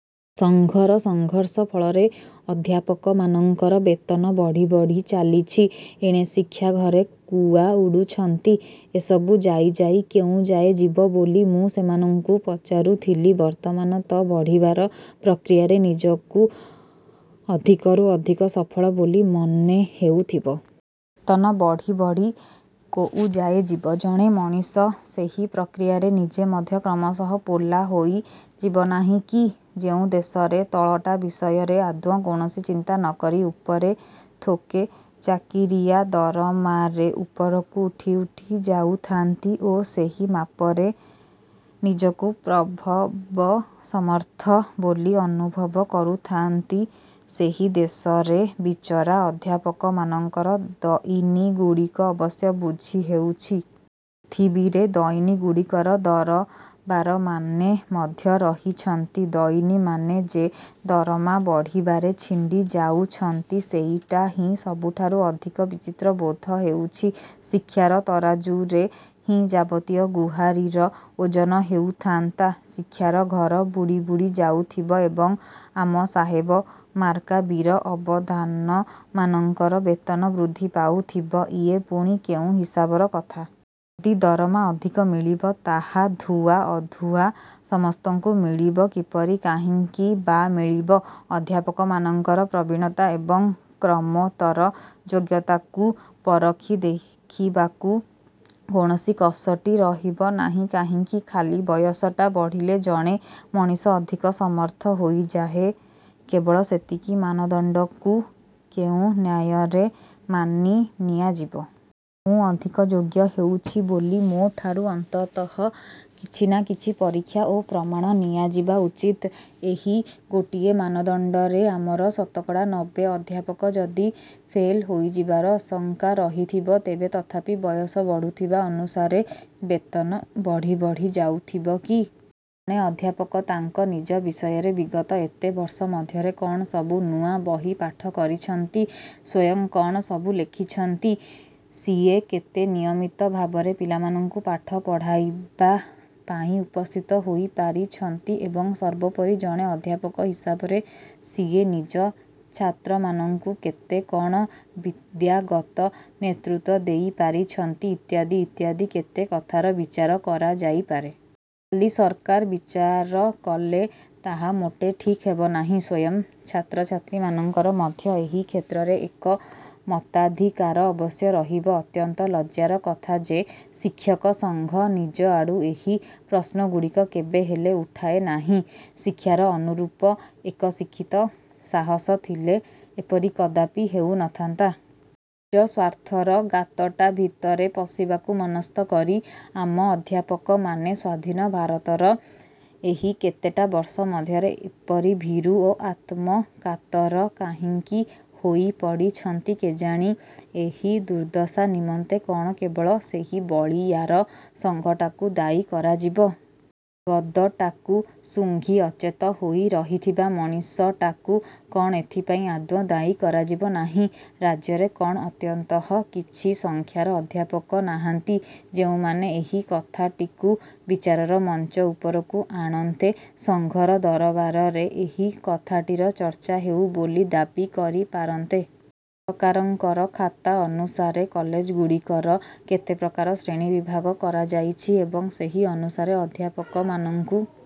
ସଂଘର ସଂଘର୍ଷ ଫଳରେ ଅଧ୍ୟାପକମାନଙ୍କର ବେତନ ବଢ଼ି ବଢ଼ି ଚାଲିଛି। ଏଣେ ଶିକ୍ଷା ଘରେ କୁଆ ଉଡୁଛନ୍ତି। ଏସବୁ ଯାଇ ଯାଇ କେଉଁଯାଏ ଯିବ ବୋଲି ମୁଁ ସେମାନଙ୍କୁ ପଚାରୁଥିଲି। ବର୍ତ୍ତମାନ ତ ବଢ଼ିବାର ପ୍ରକ୍ରିୟାରେ ନିଜକୁ ଅଧିକରୁ ଅଧିକ ସଫଳ ବୋଲି ମନେ ହେଉଥିବ। ବେତନ ବଢ଼ି ବଢ଼ି କୋଉଯାଏ ଯିବ। ଜଣେ ମଣିଷ ସେହି ପ୍ରକ୍ରିୟାରେ ନିଜେ ମଧ୍ୟ କ୍ରମଶଃ ପୋଲା ହୋଇ ଯିବନାହିଁ କି? ଯେଉଁ ଦେଶରେ ତଳଟା ବିଷୟରେ ଆଦୌ କୌଣସି ଚିନ୍ତା ନକରି ଉପରେ ଥୋକେ ଚାକିରିଆ ଦରମାରେ ଉପରକୁ ଉଠି ଉଠି ଯାଉଥାନ୍ତି ଓ ସେହି ମାପରେ ନିଜକୁ ପ୍ରଭବସମର୍ଥ ବୋଲି ଅନୁଭବ କରୁଥାନ୍ତି, ସେହି ଦେଶରେ ବିଚରା ଅଧ୍ୟାପକମାନଙ୍କର ଦଇନିଗୁଡ଼ିକ ଅବଶ୍ୟ ବୁଝି ହେଉଛି। ପୃଥିବୀରେ ଦଇନିଗୁଡ଼ିକର ଦରବାରମାନେ ମଧ୍ୟ ରହିଛନ୍ତି। ଦଇନିମାନେ ଯେ ଦରମା ବଢ଼ିବାରେ ଛିଣ୍ଡି ଯାଉଛନ୍ତି ସେଇଟା ହିଁ ସବୁଠାରୁ ଅଧିକ ବିଚିତ୍ର ବୋଧ ହେଉଛି। ଶିକ୍ଷାର ତରାଜୁରେ ହିଁ ଯାବତୀୟ ଗୁହାରିର ଓଜନ ହେଉଥାନ୍ତା। ଶିକ୍ଷାର ଘର ବୁଡ଼ି ବୁଡ଼ି ଯାଉଥିବ ଏବଂ ଆମ ସାହେବମାର୍କା ବୀର ଅବଧାନମାନଙ୍କର ବେତନ ବୃଦ୍ଧି ପାଉଥିବ, ଇଏ ପୁଣି କେଉଁ ହିସାବର କଥା? ଯଦି ଦରମା ଅଧିକ ମିଳିବ, ତାହା ଧୁଆ ଅଧୁଆ ସମସ୍ତଙ୍କୁ ମିଳିବ କିପରି? କାହିଁକି ବା ମିଳିବ? ଅଧ୍ୟାପକମାନଙ୍କର ପ୍ରବୀଣତା ଏବଂ କ୍ରମୋତ୍ତର ଯୋଗ୍ୟତାକୁ ପରଖି ଦେଖିବାକୁ କୌଣସି କଷଟି ରହିବ ନାହିଁ କାହିଁକି? ଖାଲି ବୟସଟା ବଢ଼ିଲେ ଜଣେ ମଣିଷ ଅଧିକ ସମର୍ଥ ହୋଇଯାଏ, କେବଳ ସେତିକି ମାନଦଣ୍ଡକୁ କେଉଁ ନ୍ୟାୟରେ ମାନି ନିଆଯିବ? ମୁଁ ଅଧିକ ଯୋଗ୍ୟ ହେଉଛି ବୋଲି ମୋ ଠାରୁ ଅନ୍ତତଃ କିଛି ନା କିଛି ପରୀକ୍ଷା ଓ ପ୍ରମାଣ ନିଆଯିବା ଉଚିତ। ଏହି ଗୋଟିଏ ମାନଦଣ୍ଡରେ ଆମର ଶତକଡ଼ା ନବେ ଅଧ୍ୟାପକ ଯଦି ଫେଲ୍ ହୋଇଯିବାର ଆଶଙ୍କା ରହିଥିବ, ତେବେ ତଥାପି ବୟସ ବଢୁଥିବା ଅନୁସାରେ ବେତନ ବଢ଼ି ବଢ଼ି ଯାଉଥିବ କି? ଜଣେ ଅଧ୍ୟାପକ ତାଙ୍କ ନିଜ ବିଷୟରେ ବିଗତ ଏତେ ବର୍ଷ ମଧ୍ୟରେ କଣ ସବୁ ନୂଆ ବହି ପାଠ କରିଛନ୍ତି, ସ୍ୱୟଂ କଣ ସବୁ ଲେଖିଛନ୍ତି, ସିଏ କେତେ ନିୟମିତ ଭାବରେ ପିଲାମାନଙ୍କୁ ପାଠ ପଢ଼ାଇବା ପାଇଁ ଉପସ୍ଥିତ ହୋଇ ପାରିଛନ୍ତି, ଏବଂ ସର୍ବୋପରି, ଜଣେ ଅଧ୍ୟାପକ ହିସାବରେ ସିଏ ନିଜ ଛାତ୍ରମାନଙ୍କୁ କେତେ କଣ ବିଦ୍ୟାଗତ ନେତୃତ୍ଵ ଦେଇ ପାରିଛନ୍ତି, ଇତ୍ୟାଦି ଇତ୍ୟାଦି କେତେ କଥାର ବିଚାର କରାଯାଇପାରେ। ଖାଲି ସରକାର ବିଚାର କଲେ ତାହା ମୋଟେ ଠିକ୍ ହେବ ନାହିଁ। ସ୍ଵୟଂ ଛାତ୍ରଛାତ୍ରୀମାନଙ୍କର ମଧ୍ୟ ଏହି କ୍ଷେତ୍ରରେ ଏକ ମତାଧିକାର ଅବଶ୍ୟ ରହିବ। ଅତ୍ୟନ୍ତ ଲଜ୍ଜାର କଥା ଯେ, ଶିକ୍ଷକ ସଂଘ ନିଜ ଆଡୁ ଏହି ପ୍ରଶ୍ନଗୁଡ଼ିକ କେବେ ହେଲେ ଉଠାଏ ନାହିଁ। ଶିକ୍ଷାର ଅନୁରୂପ ଏକ ଶିକ୍ଷିତ ସାହସ ଥିଲେ ଏପରି କଦାପି ହେଉ ନଥାନ୍ତା। ନିଜ ସ୍ୱାର୍ଥର ଗାତଟା ଭିତରେ ପଶିବାକୁ ମନସ୍ଥ କରି ଆମ ଅଧ୍ୟାପକମାନେ ସ୍ୱାଧୀନ ଭାରତର ଏହି କେତେଟା ବର୍ଷ ମଧ୍ୟରେ ଏପରି ଭୀରୁ ଓ ଆତ୍ମକାତର କାହିଁକି ହୋଇ ପଡ଼ିଛନ୍ତି କେଜାଣି? ଏହି ଦୁର୍ଦ୍ଦଶା ନିମନ୍ତେ କଣ କେବଳ ସେହି ବଳୀୟାର ସଂଘଟାକୁ ଦାୟୀ କରାଯିବ? ଗଦଟାକୁ ସୁଂଘି ଅଚେତ ହୋଇ ରହିଥିବା ମଣିଷଟାକୁ କଣ ଏଥିପାଇଁ ଆଦୌ ଦାୟୀ କରାଯିବ ନାହିଁ? ରାଜ୍ୟରେ କଣ ଅନ୍ତତଃ କିଛି ସଂଖ୍ୟାର ଅଧ୍ୟାପକ ନାହାନ୍ତି, ଯେଉଁମାନେ ଏହି କଥାଟିକୁ ବିଚାରର ମଞ୍ଚ ଉପରକୁ। ଆଣନ୍ତେ, ସଂଘର ଦରବାରରେ ଏହି କଥାଟିର ଚର୍ଚ୍ଚା ହେଉ ବୋଲି ଦାବି କରି ପାରନ୍ତେ। ସରକାରଙ୍କର ଖାତା ଅନୁସାରେ କଲେଜଗୁଡ଼ିକର କେତେ ପ୍ରକାର ଶ୍ରେଣୀବିଭାଗ କରାଯାଇଛି ଏବଂ ସେହି ଅନୁସାରେ ଅଧ୍ୟାପକମାନଙ୍କୁ